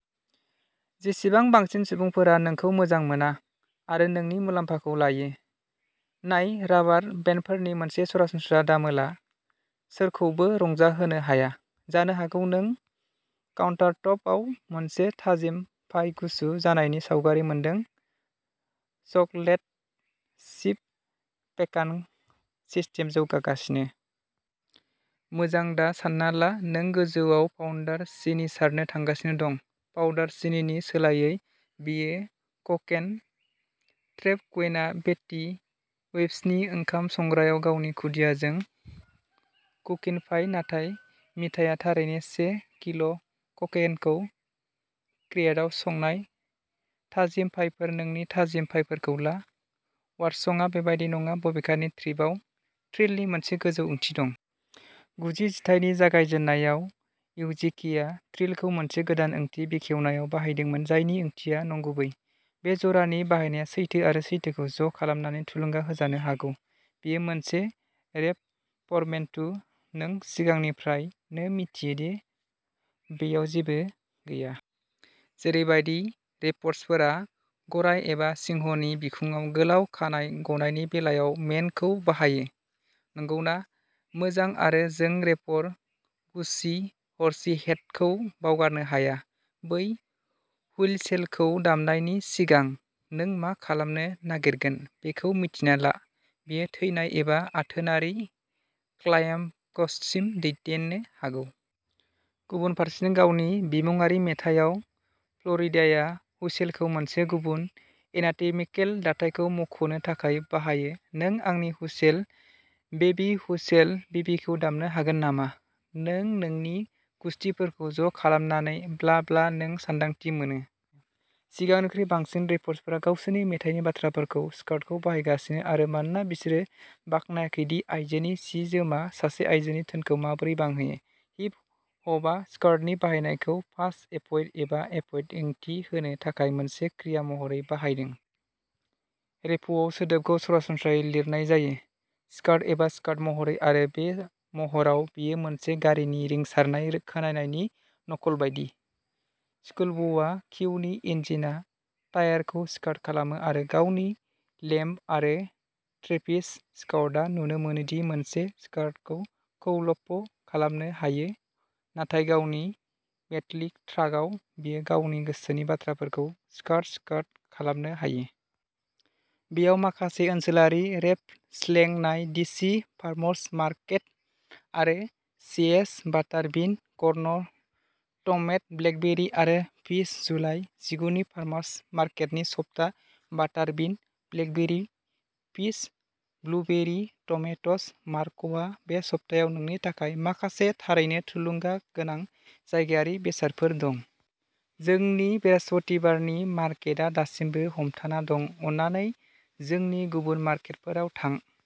जेसेबां बांसिन सुबुंफोरा नोंखौ मोजां मोना आरो नोंनि मुलाम्फाखौ लायो। नाय राबार बेन्डफोरनि मोनसे सरासनस्रा दामोलआ सोरखौबो रंजाहोनो हाया। जानो हागौ नों काउन्टारटपआव मोनसे थाजिम पाइ गुसु जानायनि सावगारि मोनदों। Chocolate chip pecan. स्टीमआ जौगाबोगासिनो। मोजां दा सानना ला नों गोजौआव पाउडार सिनि सारनो थांगासिनो दं। पाउडार सिनिनि सोलायै बेयो क'केन। ट्रेप कुइनआव फेटी वेप्सनि ओंखाम संग्रायाव गावनि खुदियाजों कुकिन'पाइ नाथाय मिथाइया थारैनो से किल'क'केनखौ क्र्याकआव संनाय। थाजिम पाइफोर नोंनि थाजिम पाइफोरखौ ला बार्डसंआ बेबादि नङा बबेखानि ट्रिपआव ट्रिलनि मोनसे गोजौ ओंथि दं। गुजि जिथाइनि जागायजेन्नायाव इउजिकेआ ट्रिलखौ मोनसे गोदान ओंथि बेखेवनायाव बाहायदोंमोन जायनि ओंथिया नंगुबै। बे जरानि बाहायनाया सैथो आरो सैथोखौ ज' खालामनानै थुलुंगा होजानो हागौ बेयो मोनसे रेप पर्टमेनट्यु नों सिगांनिफ्रायनो मिथियोदि बेयाव जेबो गैया। जेरैबादि रेपर्सफोरा गराय एबा सिंहनि बिखुङाव गोलाव खानाइ गनायनि बेलायाव मेनखौ बाहायो। नंगौना? मोजां आरो जों रेपर गुच्चि हर्सिहेडखौ बावगारनो हाया बै हुइलसेलखौ दामनायनि सिगां नों मा खालामनो नागिरगोन बेखौ मिन्थिना ला। बेयो थैनाय एबा आथोनारि क्लाइमक्ससिम दैदेननो हागौ। गुबुन फारसेथिं गावनि बिमुपङारि मेथाइयाव फ्ल'रिडाया हुइसेलखौ मोनसे गुबुन एनाटमिकेल दाथायखौ मुंख'नो थाखाय बाहायो नों आंनि हुइसेल, बेबी, हुइसेल, बेबीखौ दामनो हागोन नामा?नों नोंनि गुसथिफोरखौ ज' खालामनानै ब्ला ब्ला ब्ला नों सानदांथि मोनो। सिगांनिख्रुइ बांसिन रेपर्सफोरा गावसोरनि मेथाइनि बाथ्राफोराव स्कार्टखौ बाहायगासिनो आरो मानोना बिसोरो बाखनायाखैदि आयजोनि जि जोमआ सासे आयजोनि धोनखौ माबोरै बांहोयो। हिप हपआ स्कार्टनि बाहायनायखौ पास एभ'इड एबा एभ'इड ओंथि होनो थाखाय मोनसे क्रिया महरै बाहायदों। रेपआव सोदोबखौ सरासनस्रायै लिरनाय जायो। स्कार्ट एबा स्कार्ट महरै आरो बे महराव बेयो मोनसे गारिनि रिंसारनाय खोनानायनि नकल बायदि। स्कुलब'या किउनि इन्जिनआ टायारखौ स्कार्ट खालामो आरो गावनि लेम्ब आव ट्रेभिस स्क'टआ नुनो मोनोदि मोनसे स्कार्ट खौल'पप खालामनो हायो नाथाय गावनि बेन्टली ट्राकआव बियो गावनि गोसोनि बाथ्राफोरखौ स्कार्ट, स्कार्ट, स्कार्ट खालामनो हायो। बेयाव माखासे ओनसोलारि रेप स्लें नाय डिसि फार्मार्स मार्केट आरो सिएसए बाटार बिन कर्न टमेट' ब्लेकबेरी आरो पीच जुलाइ जिगुनि फार्मार्स मार्केटनि सप्ता-बाटार bean blackberry peas blueberry tomatoes मार्कहा बे सप्तायाव नोंनि थाखाय माखासे थारैनो थुलुंगा गोनां जायगायारि बेसादफोर दं। जोंनि बृहस्पतिबारनि मार्केटआ दासिमबो हमथाना दं अन्नानै जोंनि गुबुन मार्केटफोराव थां।